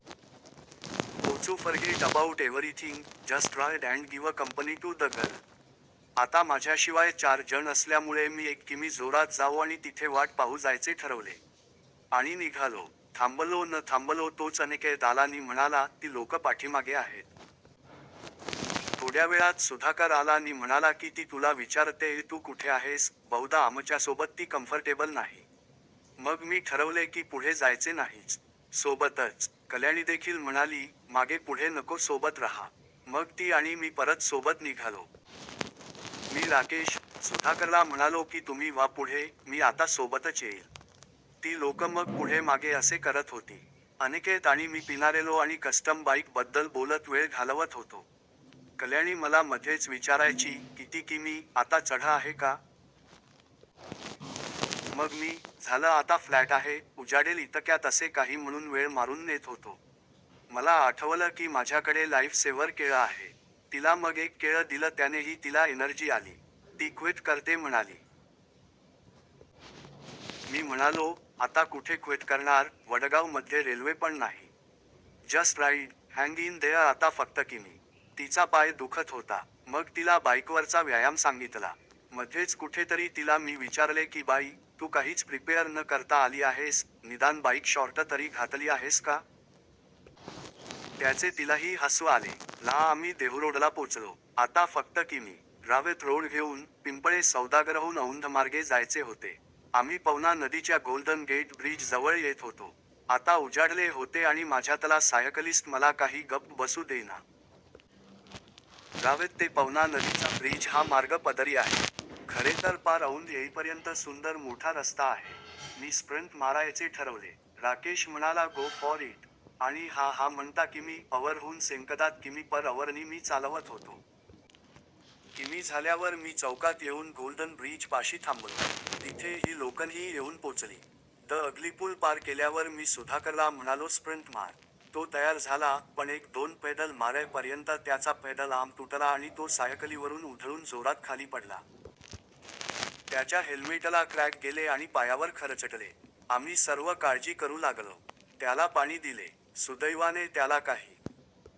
पोचू forget about everything, just ride and give company to the girl. आता माझ्याशिवाय चार जण असल्यामुळे मी एक किमी जोरात जाऊ आणि तिथे वाट पाहू जायचे ठरवले. आणि निघालो. थांबलो न थांबलो तोच अनिकेत आला नी म्हणाला, ती लोकं पाठीमागे आहेत. थोड्यावेळात सुधाकर आला नी म्हणाला की ती तुला विचारतेय तू कुठे आहेस, बहुदा आमच्यासोबत ती कम्फर्टेबल नाही. मग मी ठरवले की पुढे जायचे नाहीच. सोबतच. कल्याणीदेखील म्हणाली, मागे पुढे नको सोबत रहा. मग ती आणि मी परत सोबत निघालो. मी राकेश, सुधाकरला म्हणालो की तुम्ही व्हा पुढे, मी आता सोबतच येईल. ती लोकं मग पुढे मागे असे करत होती. अनिकेत आणि मी पिनारेलो आणि कस्टम बाईक बद्दल बोलत वेळ घालवत होतो. कल्याणी मला मध्येच विचारायची, किती किमी, आता चढ आहे का? मग मी, झालं आता फ्लॅट आहे, उजाडेल इतक्यात असे काही म्हणून वेळ मारून नेत होतो. मला आठवलं की माझ्याकडे लाईफ सेव्हर केळं आहे. तिला मग एक केळं दिलं त्यानेही तिला एनर्जी आली. ती क्विट करते म्हणाली. मी म्हणालो, आता कुठे क्विट करणार, वडगाव मध्ये रेल्वे पण नाही. Just ride, hang in there आता फक्त किमी. तिचा पाय दुखत होता. मग तिला बाईकवरचा व्यायाम सांगीतला. मध्येच कुठेतरी तिला मी विचारले की बाई, तू काहीच प्रिपेअर न करता आली आहेस, निदान बाईक शॉर्ट तरी घातली आहेस का? त्याचे तिलाही हसू आले. ला आम्ही देहूरोडला पोचलो. आता फक्त किमी. रावेत रोड घेऊन, पिंपळे सौदागरहून औंधमार्गे जायचे होते. आम्ही पवना नदीच्या गोल्डन गेट ब्रिज जवळ येत होतो. आता उजाडले होते आणि माझ्यातला सायकलिस्ट मला काही गप्प बसू देईना. रावेत ते पवना नदीचा ब्रिज हा मार्ग पदरी आहे. खरेतर पार औंध येईपर्यंत सुंदर मोठा रस्ता आहे. मी स्प्रिंट मारायचे ठरवले. राकेश म्हणाला गो फॉर इट. आणि हा हा म्हणता किमी / अवर हून सेंकदात किमी पर अवरनी मी चालवत होतो. किमी झाल्यावर मी चौकात येऊन गोल्डन ब्रीज पाशी थांबलो. तिथे ही लोकंही येऊन पोचली. द अग्लीपुल पार केल्यावर मी सुधाकरला म्हणालो स्प्रिंट मार. तो तयार झाला, पण एक दोन पेडल मारे पर्यंत त्याचा पेडल आर्म तुटला आणि तो सायकलीवरून उधळून जोरात खाली पडला. त्याच्या हेल्मेटला क्रॅक गेले आणि पायावर खरचटले. आम्ही सर्व काळजी करू लागलो. त्याला पाणी दिले. सुदैवाने त्याला काही